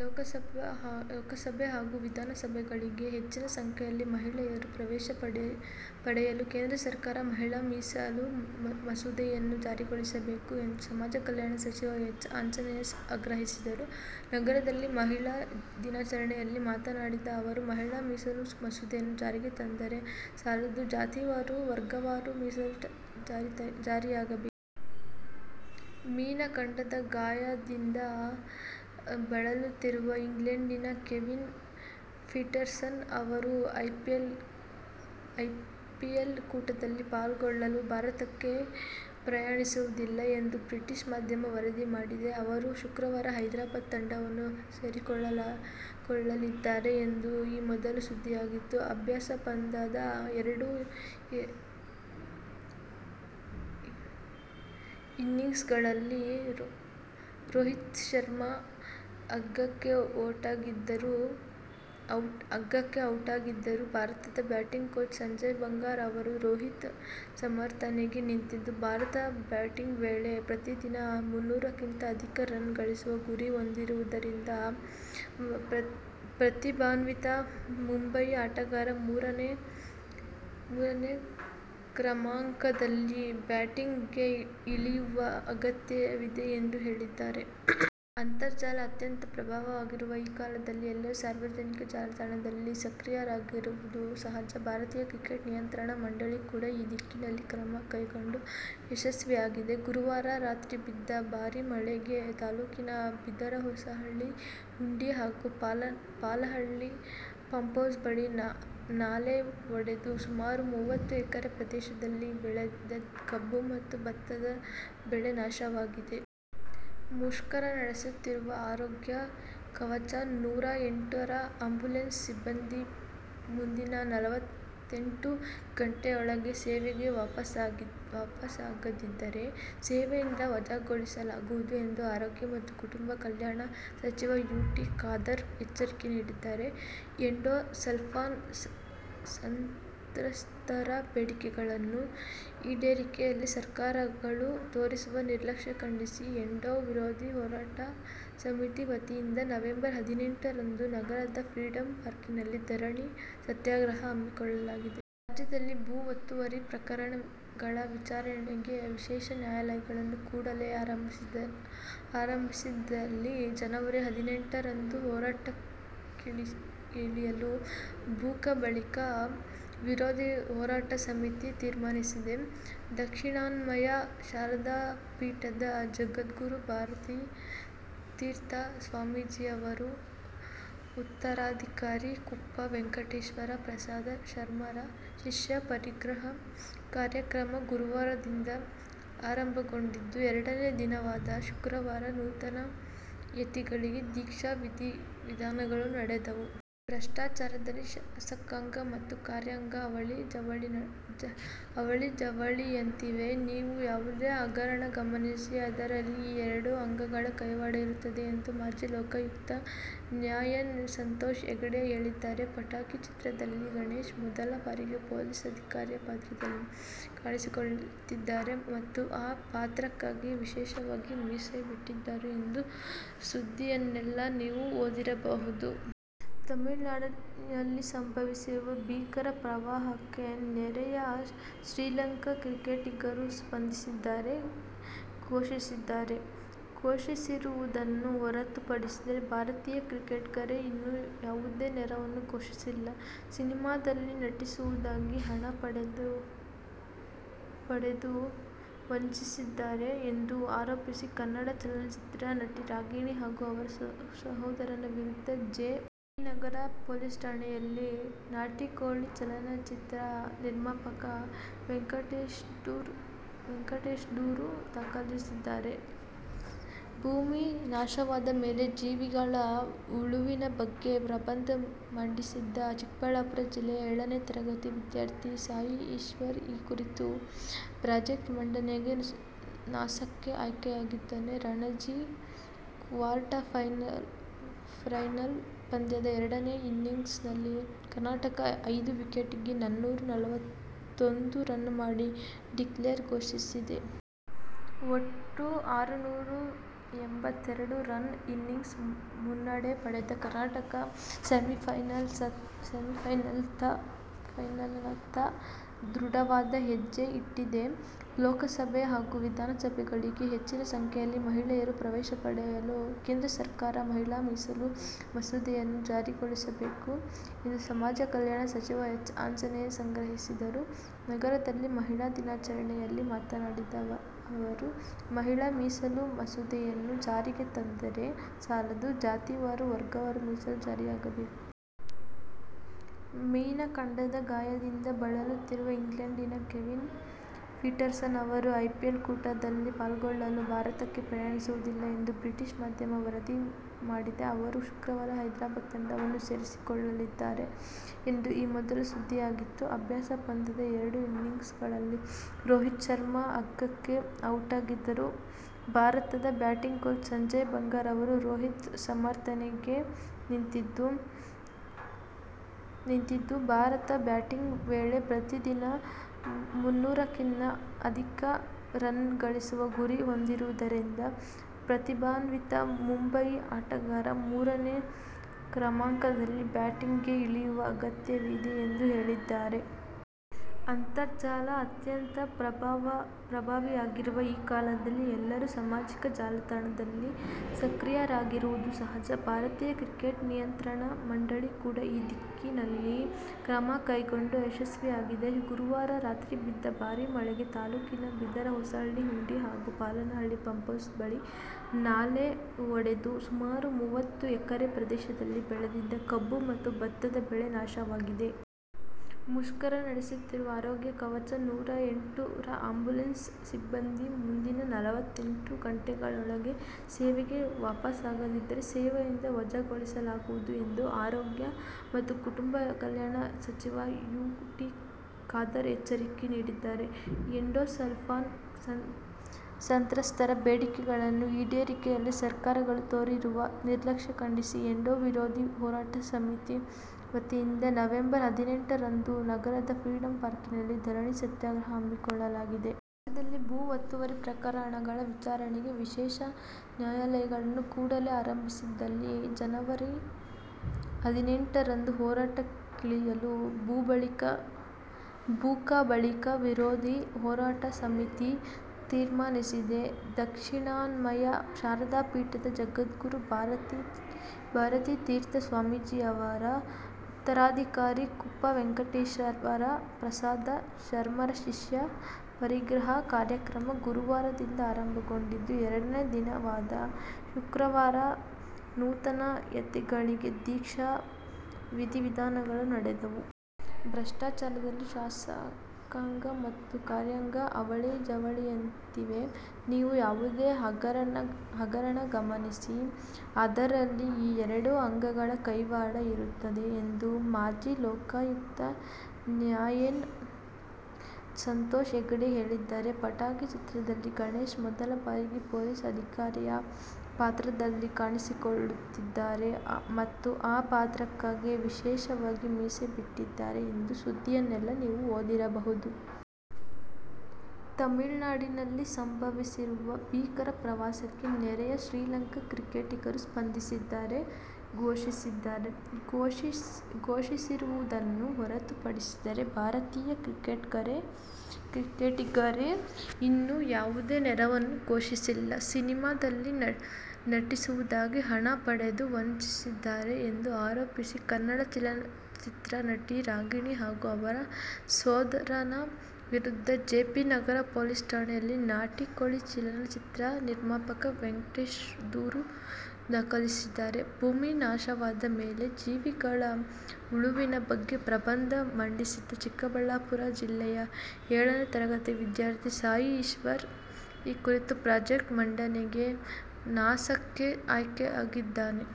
ಲೋಕಸಭೆ ಹಾಗೂ ವಿಧಾನಸಭೆಗಳಿಗೆ ಹೆಚ್ಚಿನ ಸಂಖ್ಯೆಯಲ್ಲಿ ಮಹಿಳೆಯರು ಪ್ರವೇಶಪಡೆಯಲು ಕೇಂದ್ರ ಸರ್ಕಾರ ಮಹಿಳಾ ಮೀಸಲು ಮಸೂದೆಯನ್ನು ಜಾರಿಗೊಳಿಸಬೇಕು ಎಂದುಸಮಾಜಕಲ್ಯಾಣ ಸಚಿವ ಎಚ್. ಆಂಜನೇಯ ಆಗ್ರಹಿಸಿದರು. ನಗರದಲ್ಲಿ ಮಹಿಳಾ ದಿನಾಚರಣೆಯಲ್ಲಿ ಮಾತನಾಡಿದ ಅವರು, ಮಹಿಳಾ ಮೀಸಲು ಮಸೂದೆಯನ್ನು ಜಾರಿಗೆ ತಂದರೆ ಸಾಲದು, ಜಾತಿವಾರು, ವರ್ಗವಾರು ಮೀಸಲು ಜಾರಿಯಾಗಬೇಕು. ಮೀನಖಂಡದ ಗಾಯದಿಂದ ಬಳಲುತ್ತಿರುವ ಇಂಗ್ಲೆಂಡಿನ ಕೇವಿನ್ ಪೀಟರ್ಸನ್ ಅವರು ಐಪಿಎಲ್ ಕೂಟದಲ್ಲಿ ಪಾಲ್ಗೊಳ್ಳಲು ಭಾರತಕ್ಕೆ ಪ್ರಯಾಣಿಸುವುದಿಲ್ಲ ಎಂದು ಬ್ರಿಟಿಷ್ ಮಾಧ್ಯಮ ವರದಿ ಮಾಡಿದೆ. ಅವರು ಶುಕ್ರವಾರ ಹೈದರಾಬಾದ್ ತಂಡವನ್ನು ಸೇರಿಕೊಳ್ಳಲಿದ್ದಾರೆ ಎಂದು ಈ ಮೊದಲು ಸುದ್ದಿಯಾಗಿತ್ತು. ಅಭ್ಯಾಸ ಪಂದ್ಯದ ಎರಡು ಇನ್ನಿಂಗ್ಸ್ಗಳಲ್ಲಿ ರೋಹಿತ್ ಶರ್ಮ ಅಗ್ಗಕ್ಕೆ ಔಟಾಗಿದ್ದರೂ ಭಾರತದ ಬ್ಯಾಟಿಂಗ್ ಕೋಚ್ ಸಂಜಯ್ ಬಂಗಾರ್ ಅವರು ರೋಹಿತ್ ಸಮರ್ಥನೆಗೆ ನಿಂತಿದ್ದು, ಭಾರತ ಬ್ಯಾಟಿಂಗ್ ವೇಳೆ ಪ್ರತಿದಿನ ಮುನ್ನೂರಕ್ಕಿಂತ ಅಧಿಕ ರನ್ ಗಳಿಸುವ ಗುರಿ ಹೊಂದಿರುವುದರಿಂದ ಪ್ರತಿಭಾನ್ವಿತ ಮುಂಬಯಿ ಆಟಗಾರ ಮೂರನೇ ಕ್ರಮಾಂಕದಲ್ಲಿ ಬ್ಯಾಟಿಂಗ್ಗೆ ಇಳಿಯುವ ಅಗತ್ಯವಿದೆ ಎಂದು ಹೇಳಿದ್ದಾರೆ. ಅಂತರ್ಜಾಲ ಅತ್ಯಂತ ಪ್ರಭಾವಿಯಾಗಿರುವ ಈ ಕಾಲದಲ್ಲಿ ಎಲ್ಲರೂ ಸಾಮಾಜಿಕ ಜಾಲತಾಣದಲ್ಲಿ ಸಕ್ರಿಯರಾಗಿರುವುದು ಸಹಜ. ಭಾರತೀಯ ಕ್ರಿಕೆಟ್ ನಿಯಂತ್ರಣ ಮಂಡಳಿ ಕೂಡ ಈ ದಿಕ್ಕಿನಲ್ಲಿ ಕ್ರಮ ಕೈಗೊಂಡು ಯಶಸ್ವಿಯಾಗಿದೆ. ಗುರುವಾರ ರಾತ್ರಿ ಬಿದ್ದ ಭಾರಿ ಮಳೆಗೆ ತಾಲೂಕಿನ ಬಿದರಹೊಸಹಳ್ಳಿ ಹುಂಡಿ ಹಾಗೂ ಪಾಲಹಳ್ಳಿ ಪಂಪ್ಹೌಸ್ ಬಳಿ ನಾಲೆ ಒಡೆದು ಸುಮಾರು ಮೂವತ್ತು ಎಕರೆ ಪ್ರದೇಶದಲ್ಲಿ ಬೆಳೆದಿದ್ದ ಕಬ್ಬು ಮತ್ತು ಭತ್ತದ ಬೆಳೆ ನಾಶವಾಗಿದೆ. ಮುಷ್ಕರ ನಡೆಸುತ್ತಿರುವ ಆರೋಗ್ಯ ಕವಚ ನೂರಾ ಎಂಟು ರ ಆಂಬ್ಯುಲೆನ್ಸ್ ಸಿಬ್ಬಂದಿ ಮುಂದಿನ ನಲ್ವತ್ತೆಂಟು ಗಂಟೆಗಳೊಳಗೆ ಸೇವೆಗೆ ವಾಪಸಾಗದಿದ್ದರೆ ಸೇವೆಯಿಂದ ವಜಾಗೊಳಿಸಲಾಗುವುದು ಎಂದು ಆರೋಗ್ಯ ಮತ್ತು ಕುಟುಂಬ ಕಲ್ಯಾಣ ಸಚಿವ ಯು. ಟಿ. ಖಾದರ್ ಎಚ್ಚರಿಕೆ ನೀಡಿದ್ದಾರೆ. ಎಂಡೋ ಸಲ್ಫಾನ್ ಸಂತ್ರಸ್ಥರ ಬೇಡಿಕೆಗಳನ್ನು ಈಡೇರಿಕೆಯಲ್ಲಿ ಸರ್ಕಾರಗಳು ತೋರಿರುವ ನಿರ್ಲಕ್ಷ್ಯ ಖಂಡಿಸಿ ಎಂಡೋ ವಿರೋಧಿ ಹೋರಾಟ ಸಮಿತಿ ವತಿಯಿಂದ ನವೆಂಬರ್ ಹದಿನೆಂಟು ರಂದು ನಗರದ ಫ್ರೀಡಂ ಪಾರ್ಕ್ನಲ್ಲಿ ಧರಣಿ ಸತ್ಯಾಗ್ರಹ ಹಮ್ಮಿಕೊಳ್ಳಲಾಗಿದೆ. ರಾಜ್ಯದಲ್ಲಿ ಭೂ ಒತ್ತುವರಿ ಪ್ರಕರಣಗಳ ವಿಚಾರಣೆಗೆ ವಿಶೇಷ ನ್ಯಾಯಾಲಯಗಳನ್ನು ಕೂಡಲೇ ಆರಂಭಿಸದಿದ್ದಲ್ಲಿ ಜನವರಿ ಹದಿನೆಂಟು ರಂದು ಹೋರಾಟಕ್ಕಿಳಿಯಲು ಭೂಕಬಳಿಕೆ ವಿರೋಧಿ ಹೋರಾಟ ಸಮಿತಿ ತೀರ್ಮಾನಿಸಿದೆ. ದಕ್ಷಿಣಾಮ್ನಾಯ ಶಾರದಾಪೀಠದ ಜಗದ್ಗುರು ಭಾರತೀ ತೀರ್ಥ ಸ್ವಾಮೀಜಿ ಅವರ ಉತ್ತರಾಧಿಕಾರಿ ಕುಪ್ಪಾ ವೆಂಕಟೇಶ್ವರ ಪ್ರಸಾದ ಶರ್ಮರ ಶಿಷ್ಯ ಪರಿಗ್ರಹ ಕಾರ್ಯಕ್ರಮ ಗುರುವಾರದಿಂದ ಆರಂಭಗೊಂಡಿದ್ದು ಎರಡನೇ ದಿನವಾದ ಶುಕ್ರವಾರ ನೂತನ ಯತಿಗಳಿಗೆ ದೀಕ್ಷಾ ವಿಧಿವಿಧಾನಗಳು ನಡೆದವು. ಭ್ರಷ್ಟಾಚಾರದಲ್ಲಿ ಶಾಸಕಾಂಗ ಮತ್ತು ಕಾರ್ಯಾಂಗ ಅವಳಿ- ಜವಳಿಯಂತಿವೆ. ನೀವು ಯಾವುದೇ ಹಗರಣ ಗಮನಿಸಿ, ಅದರಲ್ಲಿ ಈ ಎರಡು ಅಂಗಗಳ ಕೈವಾಡ ಇರುತ್ತದೆ ಎಂದು ಮಾಜಿ ಲೋಕಾಯುಕ್ತ ನ್ಯಾ ಎನ್. ಸಂತೋಷ್ ಹೆಗ್ಡೆ ಹೇಳಿದ್ದಾರೆ. 'ಪಟಾಕಿ' ಚಿತ್ರದಲ್ಲಿ ಗಣೇಶ್ ಮೊದಲ ಬಾರಿಗೆ ಪೊಲೀಸ್ ಅಧಿಕಾರಿಯ ಪಾತ್ರದಲ್ಲಿ ಕಾಣಿಸಿಕೊಳ್ಳುತ್ತಿದ್ದಾರೆ ಮತ್ತು ಆ ಪಾತ್ರಕ್ಕಾಗಿಯೇ ವಿಶೇಷವಾಗಿ ಮೀಸೆ ಬಿಟ್ಟಿದ್ದಾರೆ ಎಂಬ ಸುದ್ದಿಯನ್ನೆಲ್ಲಾ ನೀವು ಓದಿರಬಹುದು. ತಮಿಳುನಾಡಿನಲ್ಲಿ ಸಂಭವಿಸಿರುವ ಭೀಕರ ಪ್ರವಾಹಕ್ಕೆ ನೆರೆಯ ಶ್ರೀಲಂಕಾ ಕ್ರಿಕೆಟಿಗರು ಸ್ಪಂದಿಸಿದ್ದಾರೆ. ಘೋಷಿಸಿದ್ದಾರೆ. ಘೋಷಿಸಿರುವುದನ್ನು ಹೊರತುಪಡಿಸಿದರೆ ಭಾರತೀಯ ಕ್ರಿಕೆಟಿಗರೇ ಇನ್ನೂ ಯಾವುದೇ ನೆರವನ್ನು ಘೋಷಿಸಿಲ್ಲ. ಸಿನಿಮಾದಲ್ಲಿ ನಟಿಸುವುದಾಗಿ ಹಣ ಪಡೆದು ವಂಚಿಸಿದ್ದಾರೆ ಎಂದು ಆರೋಪಿಸಿ ಕನ್ನಡ ಚಲನಚಿತ್ರ ನಟಿ ರಾಗಿಣಿ ಹಾಗೂ ಅವರ ಸೋದರನ ವಿರುದ್ಧ ಜೆ. ಪಿ. ನಗರ ಪೊಲೀಸ್ ಠಾಣೆಯಲ್ಲಿ ನಾಟಿಕೋಳಿ ಚಲನಚಿತ್ರ ನಿರ್ಮಾಪಕ ವೆಂಕಟೇಶ್ದೂರು ದಾಖಲಿಸಿದ್ದಾರೆ. ಭೂಮಿ ನಾಶವಾದ ಮೇಲೆ ಜೀವಿಗಳ ಉಳಿವಿನ ಬಗ್ಗೆ ಪ್ರಬಂಧ ಮಂಡಿಸಿದ್ದ ಚಿಕ್ಕಬಳ್ಳಾಪುರ ಜಿಲ್ಲೆಯ ಏಳನೇ ತರಗತಿ ವಿದ್ಯಾರ್ಥಿ ಸಾಯಿ ಈಶ್ವರ್ ಈ ಕುರಿತ ಪ್ರಾಜೆಕ್ಟ್ ಮಂಡನೆಗೆ ನಾಸಾಕ್ಕೆ ಆಯ್ಕೆಯಾಗಿದ್ದಾನೆ. ರಣಜಿ ಕ್ವಾರ್ಟರ್ಫೈನಲ್ ಪಂದ್ಯದ ಎರಡನೇ ಇನ್ನಿಂಗ್ಸ್ನಲ್ಲಿ ಕರ್ನಾಟಕ ಐದು ವಿಕೆಟಿಗೆ ನನ್ನೂರ ನಲವತ್ತೊಂದು ರನ್ ಮಾಡಿ ಡಿಕ್ಲೇರ್ ಘೋಷಿಸಿದೆ. ಒಟ್ಟು ಆರುನೂರ ಎಂಬತ್ತೆರಡು ರನ್ ಇನ್ನಿಂಗ್ಸ್ ಮುನ್ನಡೆ ಪಡೆದ ಕರ್ನಾಟಕ ಸೆಮಿಫೈನಲ್ನತ್ತ ದೃಢವಾದ ಹೆಜ್ಜೆ ಇಟ್ಟಿದೆ. ಲೋಕಸಭೆ ಹಾಗೂ ವಿಧಾನಸಭೆಗಳಿಗೆ ಹೆಚ್ಚಿನ ಸಂಖ್ಯೆಯಲ್ಲಿ ಮಹಿಳೆಯರು ಪ್ರವೇಶಪಡೆಯಲು ಕೇಂದ್ರ ಸರ್ಕಾರ ಮಹಿಳಾ ಮೀಸಲು ಮಸೂದೆಯನ್ನು ಜಾರಿಗೊಳಿಸಬೇಕು ಎಂದುಸಮಾಜಕಲ್ಯಾಣ ಸಚಿವ ಎಚ್. ಆಂಜನೇಯ ಆಗ್ರಹಿಸಿದರು. ನಗರದಲ್ಲಿ ಮಹಿಳಾ ದಿನಾಚರಣೆಯಲ್ಲಿ ಮಾತನಾಡಿದ ಅವರು, ಮಹಿಳಾ ಮೀಸಲು ಮಸೂದೆಯನ್ನು ಜಾರಿಗೆ ತಂದರೆ ಸಾಲದು, ಜಾತಿವಾರು, ವರ್ಗವಾರು ಮೀಸಲು ಜಾರಿಯಾಗಬೇಕು. ಮೀನಖಂಡದ ಗಾಯದಿಂದ ಬಳಲುತ್ತಿರುವ ಇಂಗ್ಲೆಂಡಿನ ಕೇವಿನ್ ಪೀಟರ್ಸನ್ ಅವರು ಐಪಿಎಲ್ ಕೂಟದಲ್ಲಿ ಪಾಲ್ಗೊಳ್ಳಲು ಭಾರತಕ್ಕೆ ಪ್ರಯಾಣಿಸುವುದಿಲ್ಲ ಎಂದು ಬ್ರಿಟಿಷ್ ಮಾಧ್ಯಮ ವರದಿ ಮಾಡಿದೆ. ಅವರು ಶುಕ್ರವಾರ ಹೈದರಾಬಾದ್ ತಂಡವನ್ನು ಸೇರಿಕೊಳ್ಳಲಿದ್ದಾರೆ ಎಂದು ಈ ಮೊದಲು ಸುದ್ದಿಯಾಗಿತ್ತು. ಅಭ್ಯಾಸ ಪಂದ್ಯದ ಎರಡು ಇನ್ನಿಂಗ್ಸ್ಗಳಲ್ಲಿ ರೋಹಿತ್ ಶರ್ಮ ಅಗ್ಗಕ್ಕೆ ಔಟಾಗಿದ್ದರೂ ಭಾರತದ ಬ್ಯಾಟಿಂಗ್ ಕೋಚ್ ಸಂಜಯ್ ಬಂಗಾರ್ ಅವರು ರೋಹಿತ್ ಸಮರ್ಥನೆಗೆ ನಿಂತಿದ್ದು, ಭಾರತ ಬ್ಯಾಟಿಂಗ್ ವೇಳೆ ಪ್ರತಿದಿನ ಮುನ್ನೂರಕ್ಕಿಂತ ಅಧಿಕ ರನ್ ಗಳಿಸುವ ಗುರಿ ಹೊಂದಿರುವುದರಿಂದ ಪ್ರತಿಭಾನ್ವಿತ ಮುಂಬಯಿ ಆಟಗಾರ ಮೂರನೇ ಕ್ರಮಾಂಕದಲ್ಲಿ ಬ್ಯಾಟಿಂಗ್ಗೆ ಇಳಿಯುವ ಅಗತ್ಯವಿದೆ ಎಂದು ಹೇಳಿದ್ದಾರೆ. ಅಂತರ್ಜಾಲ ಅತ್ಯಂತ ಪ್ರಭಾವಿಯಾಗಿರುವ ಈ ಕಾಲದಲ್ಲಿ ಎಲ್ಲರೂ ಸಾಮಾಜಿಕ ಜಾಲತಾಣದಲ್ಲಿ ಸಕ್ರಿಯರಾಗಿರುವುದು ಸಹಜ. ಭಾರತೀಯ ಕ್ರಿಕೆಟ್ ನಿಯಂತ್ರಣ ಮಂಡಳಿ ಕೂಡ ಈ ದಿಕ್ಕಿನಲ್ಲಿ ಕ್ರಮ ಕೈಗೊಂಡು ಯಶಸ್ವಿಯಾಗಿದೆ. ಗುರುವಾರ ರಾತ್ರಿ ಬಿದ್ದ ಭಾರಿ ಮಳೆಗೆ ತಾಲೂಕಿನ ಬಿದರಹೊಸಹಳ್ಳಿ ಹುಂಡಿ ಹಾಗೂ ಪಾಲಹಳ್ಳಿ ಪಂಪ್ಹೌಸ್ ಬಳಿ ನಾಲೆ ಒಡೆದು ಸುಮಾರು ಮೂವತ್ತು ಎಕರೆ ಪ್ರದೇಶದಲ್ಲಿ ಬೆಳೆದಿದ್ದ ಕಬ್ಬು ಮತ್ತು ಭತ್ತದ ಬೆಳೆ ನಾಶವಾಗಿದೆ. ಮುಷ್ಕರ ನಡೆಸುತ್ತಿರುವ ಆರೋಗ್ಯ ಕವಚ ನೂರಾ ಎಂಟು ರ ಆಂಬ್ಯುಲೆನ್ಸ್ ಸಿಬ್ಬಂದಿ ಮುಂದಿನ ನಲ್ವತ್ತೆಂಟು ಗಂಟೆಗಳೊಳಗೆ ಸೇವೆಗೆ ವಾಪಸಾಗದಿದ್ದರೆ ಸೇವೆಯಿಂದ ವಜಾಗೊಳಿಸಲಾಗುವುದು ಎಂದು ಆರೋಗ್ಯ ಮತ್ತು ಕುಟುಂಬ ಕಲ್ಯಾಣ ಸಚಿವ ಯು. ಟಿ. ಖಾದರ್ ಎಚ್ಚರಿಕೆ ನೀಡಿದ್ದಾರೆ. ಎಂಡೋ ಸಲ್ಫಾನ್ ಸಂತ್ರಸ್ಥರ ಬೇಡಿಕೆಗಳನ್ನು ಈಡೇರಿಕೆಯಲ್ಲಿ ಸರ್ಕಾರಗಳು ತೋರಿರುವ ನಿರ್ಲಕ್ಷ್ಯ ಖಂಡಿಸಿ ಎಂಡೋ ವಿರೋಧಿ ಹೋರಾಟ ಸಮಿತಿ ವತಿಯಿಂದ ನವೆಂಬರ್ ಹದಿನೆಂಟು ರಂದು ನಗರದ ಫ್ರೀಡಂ ಪಾರ್ಕ್ನಲ್ಲಿ ಧರಣಿ ಸತ್ಯಾಗ್ರಹ ಹಮ್ಮಿಕೊಳ್ಳಲಾಗಿದೆ. ರಾಜ್ಯದಲ್ಲಿ ಭೂ ಒತ್ತುವರಿ ಪ್ರಕರಣಗಳ ವಿಚಾರಣೆಗೆ ವಿಶೇಷ ನ್ಯಾಯಾಲಯಗಳನ್ನು ಕೂಡಲೇ ಆರಂಭಿಸದಿದ್ದಲ್ಲಿ ಜನವರಿ ಹದಿನೆಂಟು ರಂದು ಹೋರಾಟಕ್ಕಿಳಿಯಲು ಭೂಕಬಳಿಕೆ ವಿರೋಧಿ ಹೋರಾಟ ಸಮಿತಿ ತೀರ್ಮಾನಿಸಿದೆ. ದಕ್ಷಿಣಾಮ್ನಾಯ ಶಾರದಾಪೀಠದ ಜಗದ್ಗುರು ಭಾರತೀ ತೀರ್ಥ ಸ್ವಾಮೀಜಿ ಅವರ ಉತ್ತರಾಧಿಕಾರಿ ಕುಪ್ಪಾ ವೆಂಕಟೇಶ್ವರ ಪ್ರಸಾದ ಶರ್ಮರ ಶಿಷ್ಯ ಪರಿಗ್ರಹ ಕಾರ್ಯಕ್ರಮ ಗುರುವಾರದಿಂದ ಆರಂಭಗೊಂಡಿದ್ದು ಎರಡನೇ ದಿನವಾದ ಶುಕ್ರವಾರ ನೂತನ ಯತಿಗಳಿಗೆ ದೀಕ್ಷಾ ವಿಧಿವಿಧಾನಗಳು ನಡೆದವು. ಭ್ರಷ್ಟಾಚಾರದಲ್ಲಿ ಶಾಸಕಾಂಗ ಮತ್ತು ಕಾರ್ಯಾಂಗ ಅವಳಿ- ಜವಳಿಯಂತಿವೆ. ನೀವು ಯಾವುದೇ ಹಗರಣ ಗಮನಿಸಿ, ಅದರಲ್ಲಿ ಈ ಎರಡು ಅಂಗಗಳ ಕೈವಾಡ ಇರುತ್ತದೆ ಎಂದು ಮಾಜಿ ಲೋಕಾಯುಕ್ತ ನ್ಯಾ ಎನ್. ಸಂತೋಷ್ ಹೆಗ್ಡೆ ಹೇಳಿದ್ದಾರೆ. 'ಪಟಾಕಿ' ಚಿತ್ರದಲ್ಲಿ ಗಣೇಶ್ ಮೊದಲ ಬಾರಿಗೆ ಪೊಲೀಸ್ ಅಧಿಕಾರಿಯ ಪಾತ್ರದಲ್ಲಿ ಕಾಣಿಸಿಕೊಳ್ಳುತ್ತಿದ್ದಾರೆ ಮತ್ತು ಆ ಪಾತ್ರಕ್ಕಾಗಿಯೇ ವಿಶೇಷವಾಗಿ ಮೀಸೆ ಬಿಟ್ಟಿದ್ದಾರೆ ಎಂಬ ಸುದ್ದಿಯನ್ನೆಲ್ಲಾ ನೀವು ಓದಿರಬಹುದು. ತಮಿಳುನಾಡಿನಲ್ಲಿ ಸಂಭವಿಸಿರುವ ಭೀಕರ ಪ್ರವಾಹಕ್ಕೆ ನೆರೆಯ ಶ್ರೀಲಂಕಾ ಕ್ರಿಕೆಟಿಗರು ಸ್ಪಂದಿಸಿದ್ದಾರೆ. ಘೋಷಿಸಿದ್ದಾರೆ. ಘೋಷಿಸಿರುವುದನ್ನು ಹೊರತುಪಡಿಸಿದರೆ ಭಾರತೀಯ ಕ್ರಿಕೆಟಿಗರೇ ಇನ್ನೂ ಯಾವುದೇ ನೆರವನ್ನು ಘೋಷಿಸಿಲ್ಲ. ಸಿನಿಮಾದಲ್ಲಿ ನಟಿಸುವುದಾಗಿ ಹಣ ಪಡೆದು ವಂಚಿಸಿದ್ದಾರೆ ಎಂದು ಆರೋಪಿಸಿ ಕನ್ನಡ ಚಲನಚಿತ್ರ ನಟಿ ರಾಗಿಣಿ ಹಾಗೂ ಅವರ ಸೋದರನ ವಿರುದ್ಧ ಜೆ. ಪಿ. ನಗರ ಪೊಲೀಸ್ ಠಾಣೆಯಲ್ಲಿ ನಾಟಿಕೋಳಿ ಚಲನಚಿತ್ರ ನಿರ್ಮಾಪಕ ವೆಂಕಟೇಶ್ದೂರು ದಾಖಲಿಸಿದ್ದಾರೆ. ಭೂಮಿ ನಾಶವಾದ ಮೇಲೆ ಜೀವಿಗಳ ಉಳಿವಿನ ಬಗ್ಗೆ ಪ್ರಬಂಧ ಮಂಡಿಸಿದ್ದ ಚಿಕ್ಕಬಳ್ಳಾಪುರ ಜಿಲ್ಲೆಯ ಏಳನೇ ತರಗತಿ ವಿದ್ಯಾರ್ಥಿ ಸಾಯಿ ಈಶ್ವರ್ ಈ ಕುರಿತ ಪ್ರಾಜೆಕ್ಟ್ ಮಂಡನೆಗೆ ನಾಸಾಕ್ಕೆ ಆಯ್ಕೆಯಾಗಿದ್ದಾನೆ.